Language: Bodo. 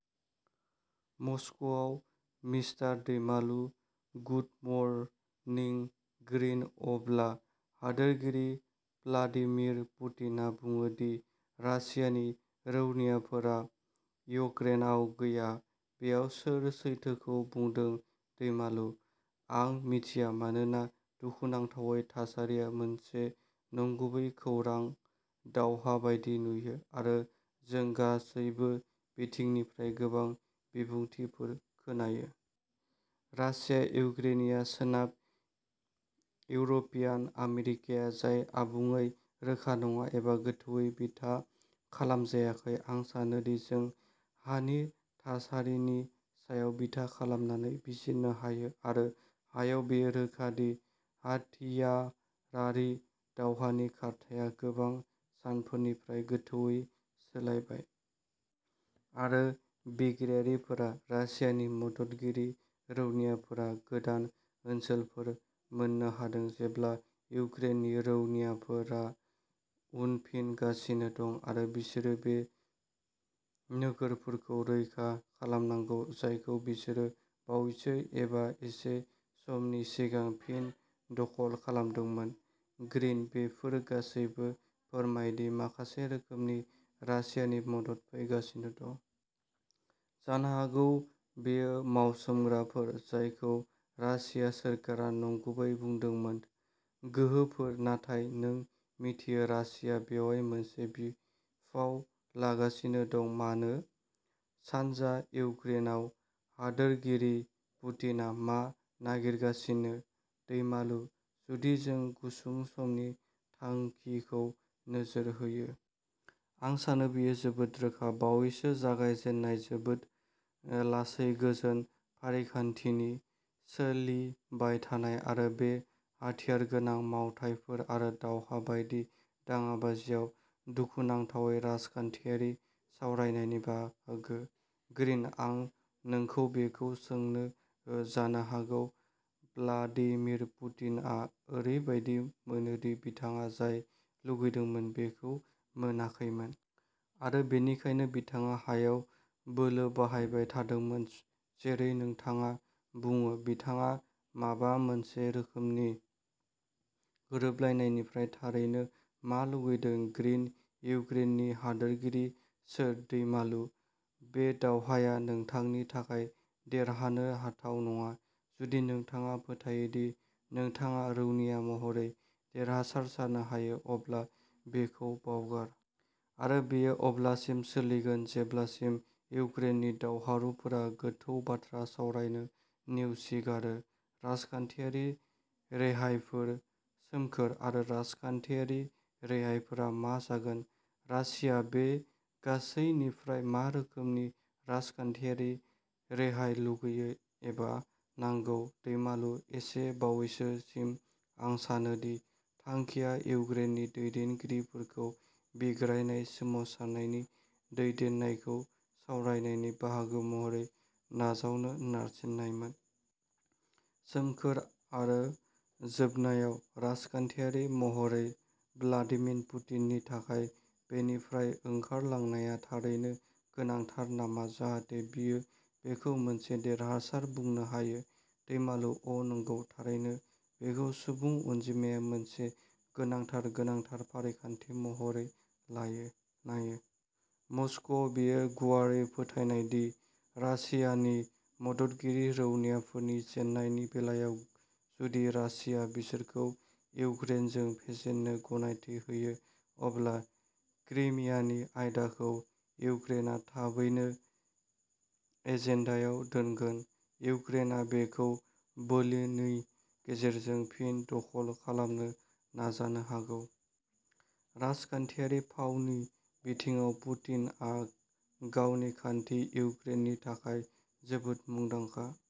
मस्क'आव, mister Daimalu: good morning. Green अब्ला हादोरगिरि भ्लादिमिर पुटिनआ बुङो दि रासियानि रौनियाफोरा युक्रेनआव गैया। बेयाव सोर सैथोखौ बुंदों? दैमालु: आं मिथिया मानोना दुखुनांथावै थासारिया मोनसे नंगुबै खौरां दावहा बायदि नुयो। आरो जों गासैबो बिथिंनिफ्राय गोबां बिबुंथिफोर खोनायो। रासिया, युक्रेनिया सोनाब इउर'पियान। आमेरिकाया जाय आबुङै रोखा नङा एबा गोथौवै बिथा खालामजायाखै। आं सानोदि जों हानि थासारिनि सायाव बिथा खालामनानै बिजिरनो हायो। आरो हायाव बेयो रोखा दि हाथियारारि दावहानि खारथाइया गोबां सानफोरनिफ्राय गोथौवै सोलायबाय। आरो बिग्रायारिफोरा रासियानि मददगिरि रौनियाफोरा गोदान ओनसोलफोर मोन्नो हादों जेब्ला युक्रेननि रौनियाफोरा उनफिनगासिनो दं। आरो बिसोरो बै नोगोरफोरखौ रैखा खालामनांगौ जायखौ बिसोरो बावैसो एबा एसे समनि सिगां फिन दखल खालामदोंमोन। ग्रीनः बेफोर गासैबो फोरमायो दि माखासे रोखोमनि रासियानि मदद फैगासिनो दं। जानो हागौ बेयो मावसोमग्राफोर जायखौ रासिया सोरखारा नंगुबै बुंदोंमोन। गोहोफोर। नाथाय नों मिथियो रासिया बेयाव मोनसे बिफाव लागासिनो दं। मानो? सानजा इउक्रेनाव हादोरगिरि पुटिनआ मा नागिरगासिनो? दैमालु: जुदि जों गुसुं समनि थांखिखौ नोजोर होयो। आं सानो बेयो जोबोद रोखा। बावैसो जागायजेन्नाय जोबोद लासै गोजोन फारिखान्थिनि सोलिबायथानाय आरो बे हाथियारगोनां मावथायफोर आरो दावहा बायदि दाङाबाजियाव दुखुनांथावै राजखान्थियारि सावरायनायनि बाहागो। ग्रिनः आं नोंखौ बेखौ सोंनो हो। जानो हागौ भ्लादिमिर पुटिनआ ओरैबायदि मोनो दि बिथाङा जाय लुबैदोंमोन बेखौ मोनाखैमोन। आरो बेनिखायनो बिथाङा हायाव बोलो बाहायबाय थादोंमोन जेरै नोंथाङा बुङो। बिथाङा माबा मोनसे रोखोमनि गोरोबलायनायनिफ्राय थारैनो मा लुबैदों? ग्रिनः इउक्रेननि हादोरगिरि सोर। दैमालु: बे दावहाया नोंथांनि थाखाय देरहानो हाथाव नङा। जुदि नोंथाङा फोथायो दि नोंथाङा रौनिया महरै देरहासार जानो हायो अब्ला बेखौ बावगार। आरो बेयो अब्लासिम सोलिगोन जेब्लासिम इउक्रेननि दावहारुफोरा गोथौ बाथ्रा सावरायनो नेवसिगारो। राजखान्थियारि रेहायफोर। सोमखोरः आरो राजखान्थियारि रेहायफोरा मा जागोन? रासिया बे गासैनिफ्राय मा रोखोमनि राजखान्थियारि रेहाय लुबैयो एबा नांगौ? दैमालु: एसे बावैसोसिम आं सानो दि थांखिया इउक्रेननि दैदेनगिरिफोरखौ बिग्रायनाय सोमावसारनायनि दैदेननायखौ सावरायनायनि बाहागो महरै नाजावनो नारसिननायमोन। सोमखोरः आरो जोबनायाव, राजखान्थियारि महरै भ्लादिमिर पुटिननि थाखाय बेनिफ्राय ओंखारलांनाया थारैनो गोनांथार नामा जाहाथे बियो बेखौ मोनसे देरहासार बुंनो हायो? दैमालु: अ नंगौ। थारैनो। बेखौ सुबुं अनजिमाया मोनसे गोनांथार, गोनांथार फारिखान्थि महरै नायो। मस्क'आव बेयो गुवारै फोथायनाय दि रासियानि मददगिरि रौनियाफोरनि जेननायनि बेलायाव जुदि रासिया बिसोरखौ इउक्रेनजों फेजेननो गनायथि होयो अब्ला क्रिमियानि आयदाखौ इउक्रेनआ थाबैनो एजेन्डायाव दोनगोन। इउक्रेनआ बेखौ बोलोनि गेजेरजों फिन दखल खालामनो नाजानो हागौ। राजखान्थियारि फावनि बिथिङाव पुटिनआ गावनि खान्थि इउक्रेननि थाखाय जोबोद मुंदांखा।